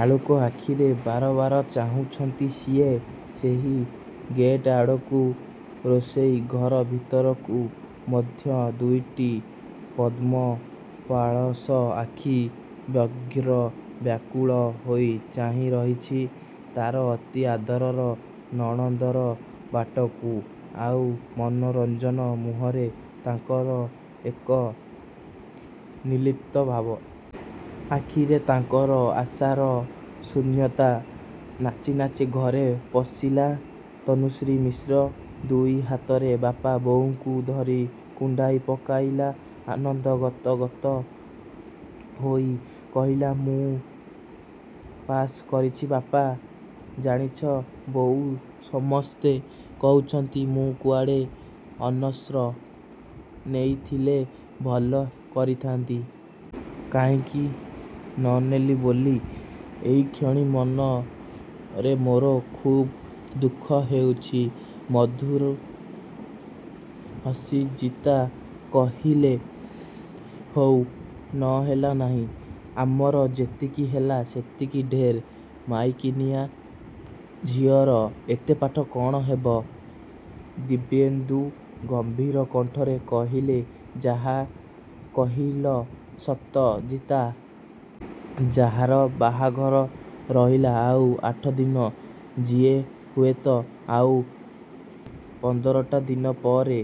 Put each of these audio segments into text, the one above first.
ଆଳୁକ ଆଖିରେ ବାର ବାର ଚାହୁଁଛନ୍ତି ସିଏ ସେହି ଗେଟ୍ ଆଡ଼କୁ। ରୋଷେଇ ଘର ଭିତରୁ ମଧ୍ୟ ଦୁଇଟି ପଦ୍ମପାଳଶ ଆଖି ବ୍ୟଗ୍ର ବ୍ୟାକୁଳ ହୋଇ ଚାହିଁ ରହିଛି ତା'ର ଅତି ଆଦରର ନଣନ୍ଦର ବାଟକୁ। ଆଉ ମନୋରଞ୍ଜନ, ମୁହଁରେ ତାଙ୍କର ଏକ ନିର୍ଲିପ୍ତ ଭାବ। ଆଖିରେ ତାଙ୍କର ଆକାଶର ଶୂନ୍ୟତା। ନାଚି ନାଚି ଘରେ ପଶିଲା ତନୁଶ୍ରୀ ମିଶ୍ର। ଦୁଇ ହାତରେ ବାପା ବୋଉଙ୍କୁ ଧରି କୁଣ୍ଢାଇ ପକାଇଲା। ଆନନ୍ଦ ଗଦ ଗଦ ହୋଇ କହିଲା ମୁଁ ପାସ୍ କରିଛି ବାପା। ଜାଣିଛ ବୋଉ, ସମସ୍ତେ କହୁଛନ୍ତି ମୁଁ କୁଆଡ଼େ ଅନସ୍ର ନେଇଥିଲେ ଭଲ କରିଥାନ୍ତି। କାହିଁକି ନ ନେଲି ବୋଲି ଏଇକ୍ଷଣି ମନରେ ମୋର ଖୁବ୍ ଦୁଃଖ ହେଉଛି। ମଧୁର ହସି ଜିତା କହିଲେ ହଉ, ନ ହେଲା ନାହିଁ। ଆମର ଯେତିକି ହେଲା, ସେତିକି ଢେର୍। ମାଇକିନିଆ ଝିଅର ଏତେ ପାଠ କ'ଣ ହେବ। ଦିବ୍ୟେନ୍ଦୁ ଗମ୍ଭୀର କଣ୍ଠରେ କହିଲେ ଯାହା କହିଲ ସତ ଜିତା। ଯାହାର ବାହାଘର ରହିଲା ଆଉ ଆଠଦିନ, ଯିଏ ହୁଏତ ଆଉ ପନ୍ଦରଟା ଦିନ ପରେ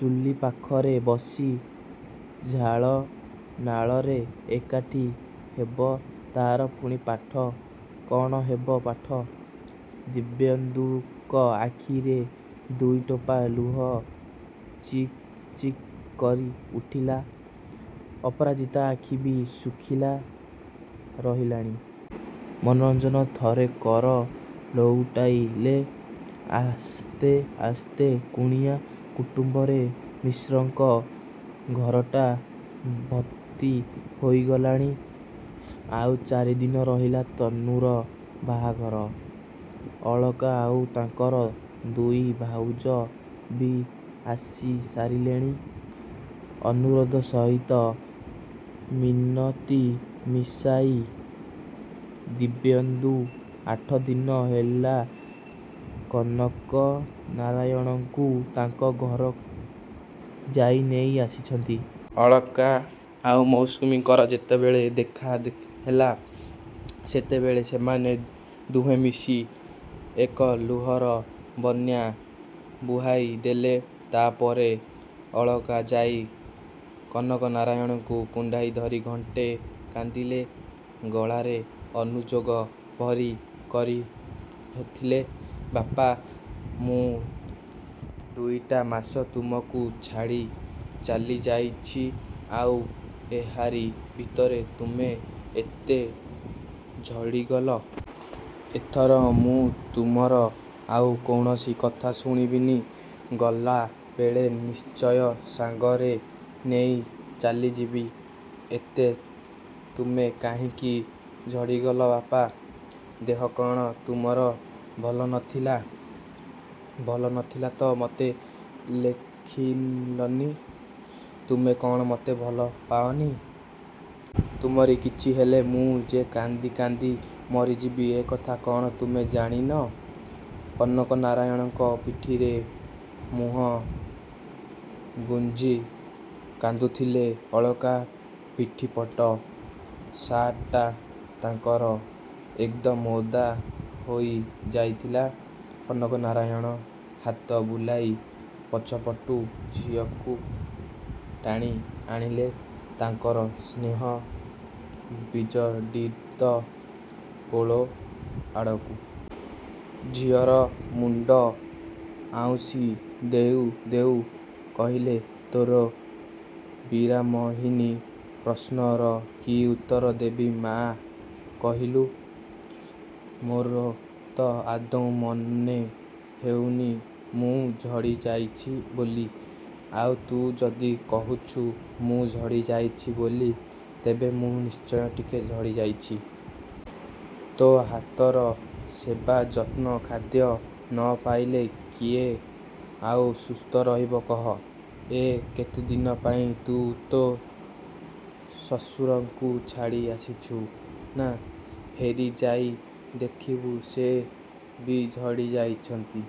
ଚୁଲି ପାଖରେ ବସି ଝାଳ ନାଳରେ ଏକାଠି ହେବ, ତା'ର ପୁଣି ପାଠ, କ'ଣ ହେବ ପାଠ। ଦିବ୍ୟେନ୍ଦୁଙ୍କ ଆଖିରେ ଦୁଇଟୋପା ଲୁହ ଚିକ୍ ଚିକ୍ କରି ଉଠିଲା। ଅପରାଜିତା ଆଖି ବି ଶୁଖିଲା ରହିଲାନି। ମନୋରଞ୍ଜନ ଥରେ କର ଲେଉଟାଇଲେ। ଆସ୍ତେ ଆସ୍ତେ କୁଣିଆ କୁଟୁମ୍ବରେ ମିଶ୍ରଙ୍କ ଘରଟା ଭର୍ତ୍ତି ହୋଇଗଲାଣି। ଆଉ ଚାରିଦିନ ରହିଲା ତନୁର ବାହାଘର। ଅଳକା ଆଉ ତାଙ୍କର ଦୁଇ ଭାଉଜ ବି ଆସି ସାରିଲେଣି। ଅନୁରୋଧ ସହିତ ମିନତି ମିଶାଇ ଦିବ୍ୟେନ୍ଦୁ ଆଠଦିନ ହେଲା କନକ ନାରାୟଣଙ୍କୁ ତାଙ୍କ ଘର ଯାଇ ନେଇ ଆସିଛନ୍ତି। ଅଳକା ଆଉ ମୌସୁମୀଙ୍କର ଯେତେବେଳେ ଦେଖାହେଲା, ସେତେବେଳେ ସେମାନେ ଦୁହେଁ ମିଶି ଏକ ଲୁହର ବନ୍ୟା ବୁହାଇ ଦେଲେ। ତା' ପରେ ଅଳକା ଯାଇ କନକନାରାୟଣଙ୍କୁ କୁଣ୍ଢାଇ ଧରି ଘଣ୍ଟେ କାନ୍ଦିଲେ। ଗଳାରେ ଅନୁଯୋଗ ଭରି କହିଥିଲେ, ବାପା! ମୁଁ ଦୁଇଟା ମାସ ତୁମକୁ ଛାଡ଼ି ଚାଲି ଯାଇଛି ଆଉ ଏହାରି ଭିତରେ ତୁମେ ଏତେ ଝଡ଼ି ଗଲ! ଏଥର ମୁଁ ତୁମର ଆଉ କୌଣସି କଥା ଶୁଣିବିନି। ଗଲା ବେଳେ ନିଶ୍ଚୟ ସାଙ୍ଗରେ ନେଇ ଚାଲି ଯିବି। ଏତେ ତୁମେ କାହିଁକି ଝଡ଼ି ଗଲ ବାପା? ଦେହ କ'ଣ ତୁମର ଭଲ ନଥିଲା? ଭଲ ନଥିଲା ତ ମତେ ଲେଖିଲନି? ତୁମେ କ'ଣ ମତେ ଭଲ ପାଅନି? ତୁମରି କିଛି ହେଲେ ମୁଁ ଯେ କାନ୍ଦି କାନ୍ଦି ମରିଯିବି ଏ କଥା କ'ଣ ତୁମେ ଜାଣିନ? କନକନାରାୟଣଙ୍କ ପିଠିରେ ମୁହଁ ଗୁଞ୍ଜି କାନ୍ଦୁଥିଲେ ଅଳକା। ପିଠିପଟ ସାର୍ଟଟା ତାଙ୍କର ଏକଦମ୍ ଓଦା ହୋଇ ଯାଇଥିଲା। କନକନାରାୟଣ ହାତ ବୁଲାଇ ପଛପଟୁ ଝିଅକୁ ଟାଣି ଆଣିଲେ ତାଙ୍କର ସ୍ନେହ ବିଜଡ଼ିତ କୋଳ ଆଡ଼କୁ। ଝିଅର ମୁଣ୍ଡ ଆଉଁସି ଦେଉ ଦେଉ କହିଲେ, ତୋର ବିରାମହୀନ ପ୍ରଶ୍ନର କି ଉତ୍ତର ଦେବି ମା' କହିଲୁ? ମୋର ତ ଆଦୌ ମନେ ହେଉନି ମୁଁ ଝଡ଼ି ଯାଇଛି ବୋଲି। ଆଉ ତୁ ଯଦି କହୁଛୁ ମୁଁ ଝଡ଼ି ଯାଇଛି ବୋଲି, ତେବେ ମୁଁ ନିଶ୍ଚୟ ଟିକେ ଝଡ଼ି ଯାଇଛି। ତୋ ହାତର ସେବା, ଯତ୍ନ, ଖାଦ୍ୟ ନ ପାଇଲେ କିଏ ଆଉ ସୁସ୍ଥ ରହିବ କହ? ଏଇ କେତେଦିନ ପାଇଁ ତୁ ତୋ ଶ୍ୱଶୁରଙ୍କୁ ଛାଡ଼ି ଆସିଛୁ ନା? ଫେରି ଯାଇ ଦେଖିବୁ ସେ ବି ଝଡ଼ି ଯାଇଛନ୍ତି।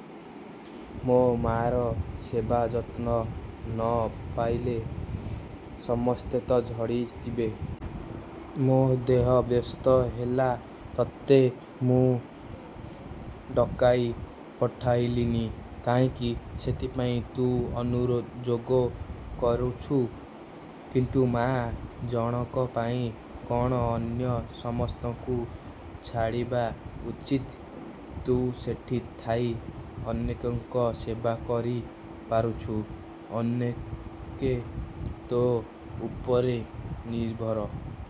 ମୋ ମାଆର ସେବା ଯତ୍ନ ନ ପାଇଲେ ସମସ୍ତେ ତ ଝଡ଼ି ଯିବେ। ମୋ ଦେହ ବ୍ୟସ୍ତ ହେଲା ତତେ ମୁଁ ଡକାଇ ପଠାଇଲିନି କାହିଁକି ସେଥିପାଇଁ ତୁ ଅନୁରୋଯୋଗ କରୁଛୁ। କିନ୍ତୁ ମାଆ ଜଣକ ପାଇଁ କ'ଣ ଅନ୍ୟ ସମସ୍ତଙ୍କୁ ଛାଡ଼ିବା ଉଚିତ? ତୁ ସେଠି ଥାଇ ଅନେକଙ୍କର ସେବା କରି ପାରୁଛୁ, ଅନେକେ ତୋ ଉପରେ ନିର୍ଭର।